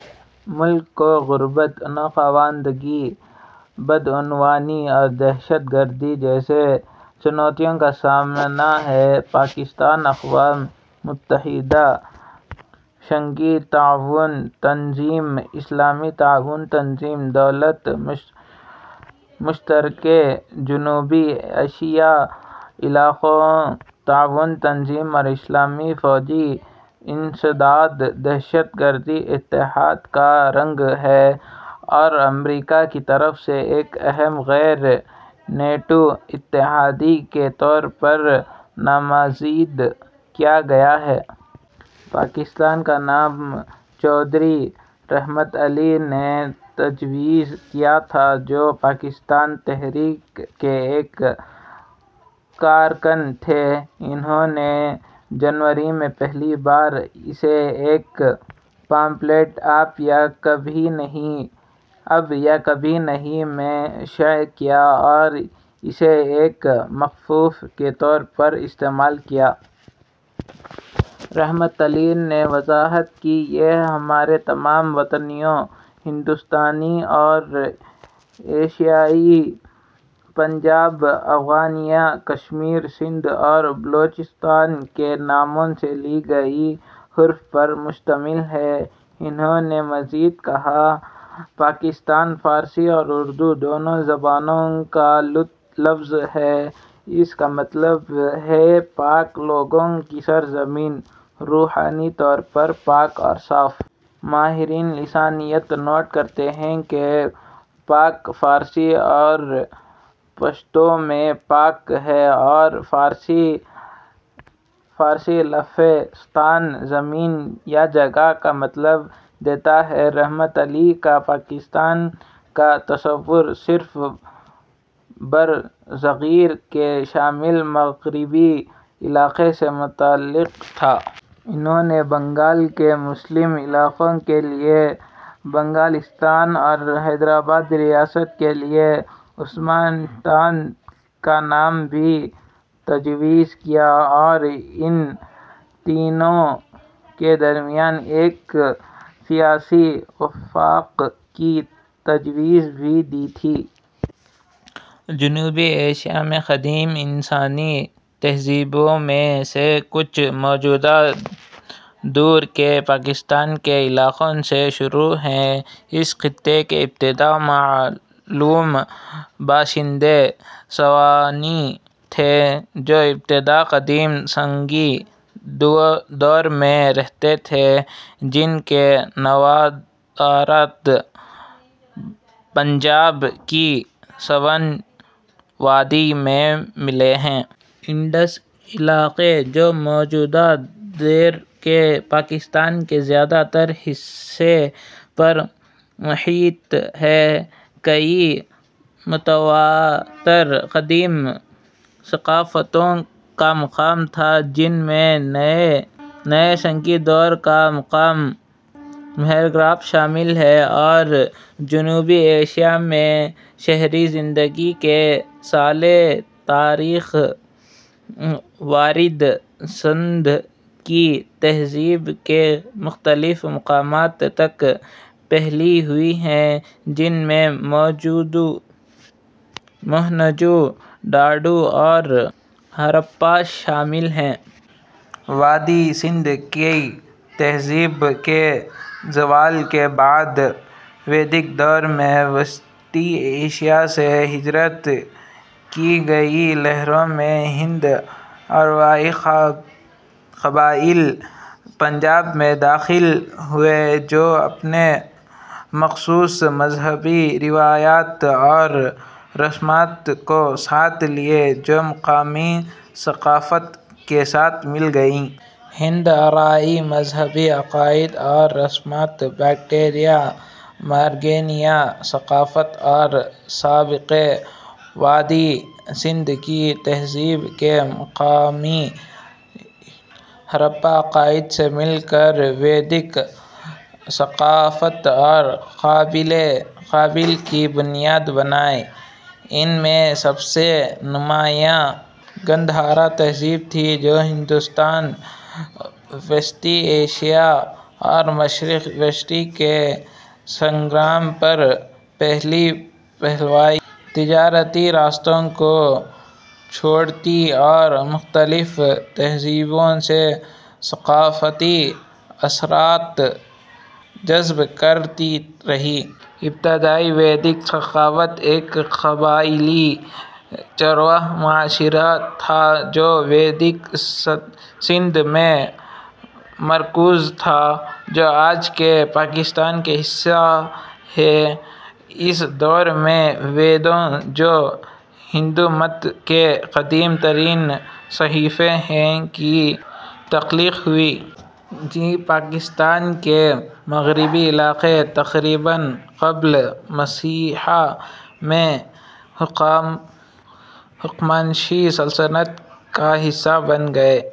ملک کو غربت ، ناخواندگی ، بدعنوانی اور دہشت گردی جیسے چنوتیوں کا سامنا ہے۔ پاکستان اقوام متحدہ ، شنگھائی تعاون تنظیم ، اسلامی تعاون تنظیم ، دولت مشترکہ ، جنوبی ایشیائی علاقائی تعاون تنظیم اور اسلامی فوجی انسداد دہشت گردی اتحاد کا رکن ہے اور امریکا کی طرف سے ایک اہم غیر نیٹو اتحادی کے طور پر نامزد کیا گیا ہے۔ پاکستان کا نام چودھری رحمت علی نے تجویز کیا تھا، جو پاکستان تحریک کے ایک کارکن تھے۔ انھوں نے جنوری میں پہلی بار اسے ایک پمفلٹ " اب یا کبھی نہیں " میں شائع کیا اور اسے ایک مخفف کے طور پر استعمال کیا۔ رحمت علی نے وضاحت کی: "یہ ہمارے تمام وطنوں، ہندوستانی اور ایشیائی، پنجاب ، افغانیا ، کشمیر ، سندھ اور بلوچستان کے ناموں سے لی گئی حروف پر مشتمل ہے۔ " انھوں نے مزید کہا، "پاکستان فارسی اور اردو دونوں زبانوں کا لفظ ہے… اس کا مطلب ہے پاک لوگوں کی سرزمین، روحانی طور پر پاک اور صاف۔ " ماہرین لسانیات نوٹ کرتے ہیں کہ پاک فارسی اور پشتو میں 'پاک' ہے اور فارسی لاحقہ ـستان 'زمین' یا 'جگہ' کا مطلب دیتا ہے۔ رحمت علی کا پاکستان کا تصور صرف برصغیر کے شمال مغربی علاقے سے متعلق تھا۔ انھوں نے بنگال کے مسلم علاقوں کے لیے "بنگلستان" اور حیدرآباد ریاست کے لیے "عثمانستان" کا نام بھی تجویز کیا اور ان تینوں کے درمیان ایک سیاسی وفاق کی تجویز بھی دی تھی۔ جنوبی ایشیا میں قدیم انسانی تہذیبوں میں سے کچھ موجودہ دور کے پاکستان کے علاقوں سے شروع ہوئیں۔ اس خطے کے ابتدائی معلوم باشندے سوانی تھے جو ابتدائی قدیم سنگی دور میں رہتے تھے، جن کے نوادرات پنجاب کی سوان وادی میں ملے ہیں۔ انڈس علاقہ ، جو موجودہ دور کے پاکستان کے زیادہ تر حصے پر محیط ہے، کئیی متواتر قدیم ثقافتوں کا مقام تھا جن میں نیے سنگی دور کا مقام مہرگڑھ شامل ہے، اور جنوبی ایشیا میں شہری زندگی کی سالہ تاریخ وادی سندھ کی تہذیب کے مختلف مقامات تک پھیلی ہوئی ہے، جن میں موہنجو داڑو اور ہڑپہ شامل ہیں۔ وادی سندھ کی تہذیب کے زوال کے بعد، ویدک دور میں وسطی ایشیا سے ہجرت کی کئیی لہروں میں ہند-آریائی قبائل پنجاب میں داخل ہوئے، جو اپنے مخصوص مذہبی روایات اور رسومات کو ساتھ لائے جو مقامی ثقافت کے ساتھ مل گئیں۔ ہند-آریائی مذہبی عقائد اور رسومات، باختریا-مارگیانا ثقافت اور سابقہ وادی سندھ کی تہذیب کے مقامی ہڑپہ عقائد سے مل کر ویدک ثقافت اور قبائل کی بنیاد بنے۔ ان میں سب سے نمایاں گندھارا تہذیب تھی، جو ہندوستان، وسطی ایشیا اور مشرق وسطیٰ کے سنگم پر پھلی پھولی، تجارتی راستوں کو جوڑتی اور مختلف تہذیبوں سے ثقافتی اثرات جذب کرتی رہی۔ ابتدائی ویدک ثقافت ایک قبائلی، چرواہا معاشرہ تھا جو وادی سندھ میں مرکوز تھا، جو آج کے پاکستان کا حصہ ہے۔ اس دور میں ویدوں ، جو ہندو مت کے قدیم ترین صحیفے ہیں، کی تخلیق ہوئی۔ ج پاکستان کے مغربی علاقے تقریباً قبل مسیح میں ہخامنشی سلطنت کا حصہ بن گئے۔